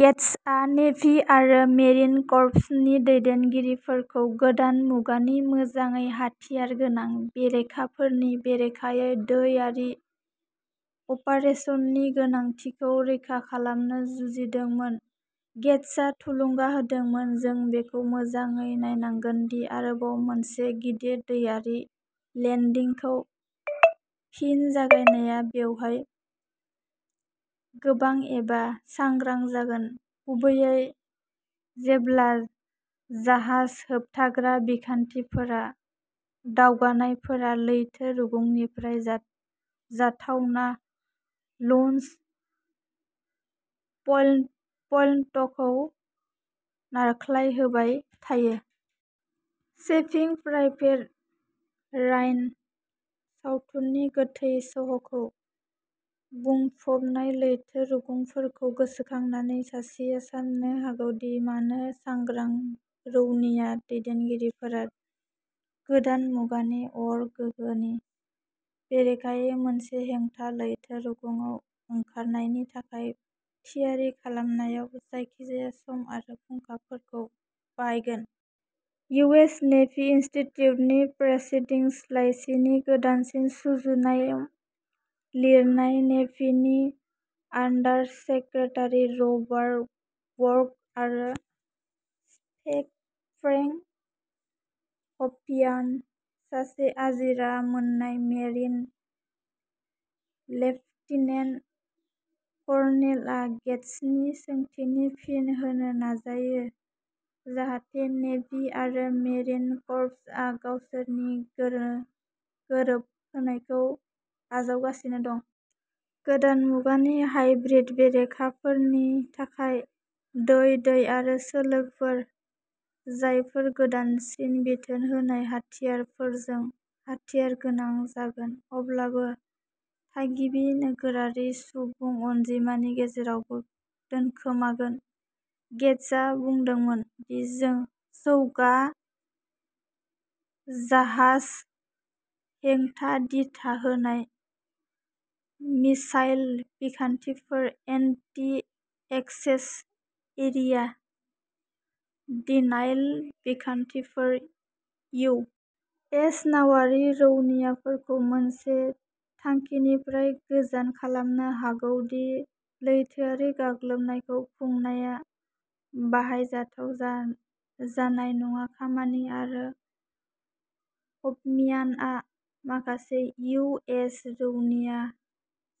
गेट्सआ navy आरो marine कर्प्सनि दैदेनगिरिफोरखौ गोदान मुगानि मोजाङै हाथियार गोनां बेरेखाफोरनि बेरेखायै दैआरि अपारेसनफोरनि गोनांथिखौ रैखा खालामनो जुजिदोंमोन। गेट्सआ थुलुंगा होदोंमोन, जों बेखौ मोजाङै नायनांगोन दि आरोबाव मोनसे गिदिर दैआरि लेन्डिंखौ फिन जागायनाया बबेहाय गोनां एबा सांग्रां जागोन, गुबैयै जेब्ला जाहाज होबथाग्रा बिखान्थिफोराव दावगानायफोरा लैथो रुगुंनिफ्राय जाथावना लञ्च पइन्टखौ नारख्लायहोबाय थायो। सेभिं प्राइभेट रायन सावथुननि गोथै सह'खौ बुंफबनाय लैथो रुगुंफोरखौ गोसोखांनानै, सासेआ साननो हागौ दि मानो सांग्रां रौनिया दैदेनगिरिफोरा गोदान मुगानि अर गोहोनि बेरेखायै मोनसे हेंथा लैथो रुगुंआव ओंखारनायनि थाखाय थियारि खालामनायाव जायखिजाया सम आरो फुंखाफोरखौ बाहायगोन। इउ. एस. नेभी इनस्टिट्युटनि प्र'सीडिंग्स लाइसिनि गोदानसिन सुजुनायाव लिरनाय नेभीनि आन्डार सेक्रेटारि रबार्ट वर्क आरो फ्रेंक हफम्यान, सासे आजिरा मोननाय मेरिन लेफ्टिनेन्ट कर्नेलआ गेट्सनि सोंथिनि फिन होनो नाजायो, जाहाते नेभी आरो मेरिन कर्प्सआ गावसोरनि गोरोबहोनायखौ आजावगासिनो दं। गोदान मुगानि "हाइब्रिद" बेरेखाफोरनि थाखाय दै-दैआरि सोलोफोर, जायफोरा गोदानसिन बिथोन होनाय हाथियारफोरजों हाथियारगोनां जागोन, अब्लाबो थागिबि नोगोरारि सुबुं अनजिमानि गेजेरावबो दोनखोमागोन। गेट्सआ बुंदोंमोन दि जों जौगा जाहाज हेंथा दिथा होनाय मिसाइल बिखान्थिफोर "एन्टी-एक्सेस एरिया डिनायल" बिखान्थिफोर इउ. एस. नावारि रौनियाफोरखौ मोनसे थांखिनिफ्राय गोजान खालामनो हागौ दि लैथोआरि गाग्लोबनायखौ खुंनाया बाहायजाथाव जानाय नङा। खामानि आरो हफम्यानआ माखासे इउ. एस. रौनिया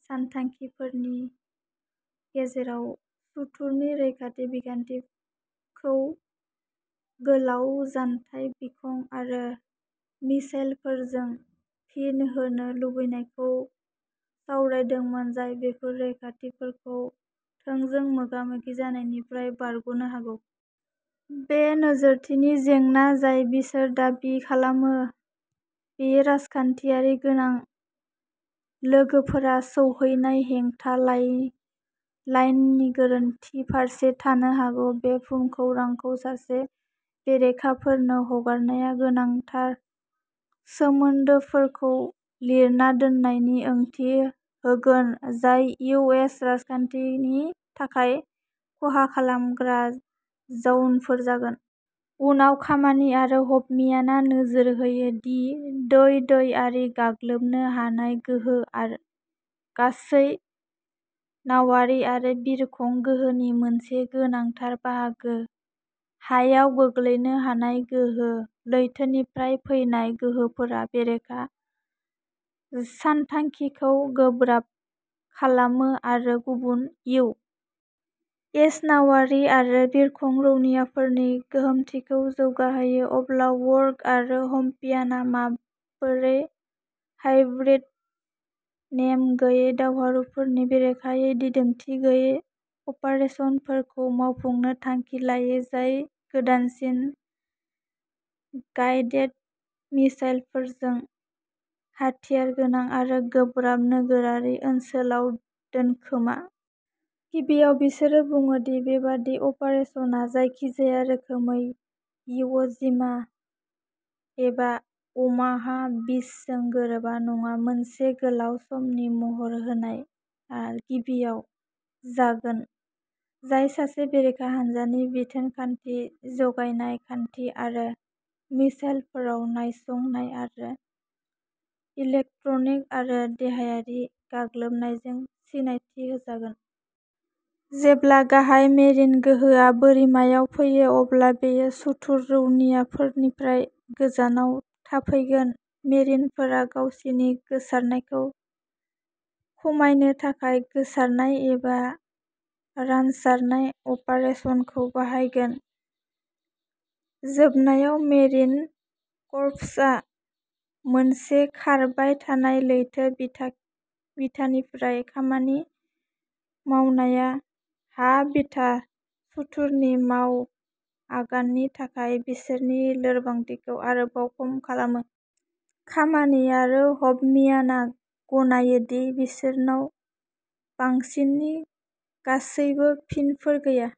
सानथांखिगिरिफोरनि गेजेराव सुथुरनि रैखाथि बिखान्थिखौ गोलाव जानथाय बिरखं आरो मिसाइलफोरजों फिन होनो लुबैनायखौ सावरायदोंमोन, जाय बेफोर रैखाथिफोरखौ थोंजों मोगा-मोगि जानायनिफ्राय बारग'नो हागौ। बे नोजोरथिनि जेंना जाय बिसोर दाबि खालामो बेयो राजखानथियारि गोनां लोगोफोरा सौहैनाय हेंथा लाइननि गोरोन्थि फारसे थानो हागौ। बे भुमखौरांखौ सासे बेरेखाफोरनो हगारनाया गोनांथार सोमोन्दोफोरखौ लिरना दोननायनि ओंथि होगोन, जाय इउ. एस. राजखानथिनि थाखाय खहा खालामग्रा जाउनफोर जागोन। उनाव खामानि आरो हफम्यानआ नोजोर होयो दि दै-दैआरि गाग्लोबनो हानाय गोहोआ गासै नावारि आरो बिरखं गोहोनि मोनसे गोनांथार बाहागो। हायाव गोग्लैनो हानाय गोहो। लैथोनिफ्राय फैनाय गोहोफोरा बेरेखा सानथांखिखौ गोब्राब खालामो आरो गुबुन इउ. एस. नावारि आरो बिरखं रौनियाफोरनि गोहोमथिखौ जौगाहोयो। अब्ला वर्क आरो हफम्यानआ माबोरै "हाइब्रिद" नेम गैयै दावहारुफोरनि बेरेखायै दिदोमथि गैयै अपारेसनफोरखौ मावफुंनो थांखि लायो, जाय गोदानसिन गाइडेड मिसाइलफोरजों हाथियारगोनां आरो गोब्राब नोगोरारि ओनसोलाव दोनखोमा। गिबियाव बिसोरो बुङो दि बेबादि अपारेसनआ जायखिजाया रोखोमै इव'जिमा एबा अमाहा बीचजों गोरोबा नङा। मोनसे गोलाव समनि महर होनायआ गिबियाव जागोन, जाय सासे बेरेखा हान्जानि बिथोन खान्थि, जगायनाय खान्थि आरो मिसाइलफोराव नायसंनाय आरो इलेक्ट्रनिक आरो देहायारि गाग्लोबनायजों सिनायथि होजागोन। जेब्ला गाहाय मेरिन गोहोआ बोरिमायाव फैयो, अब्ला बेयो सुथुर रौनियाफोरनिफ्राय गोजानाव थाफैगोन। मेरिनफोरा गावसिनि गोसारनायखौ खमायनो थाखाय गोसारनाय एबा "रानसारनाय अपारेसन" खौ बाहायगोन। जोबनायाव, मेरिन कर्प्सआ मोनसे खारबाय थानाय लैथो बिथानिफ्राय खामानि मावनाया हा-बिथा सुथुरनि माव आगाननि थाखाय बिसोरनि लोरबांथिखौ आरोबाव खम खालामो। खामानि आरो हफम्यानआ गनायो दि बिसोरनाव बांसिननि गासैबो फिनफोर गैया।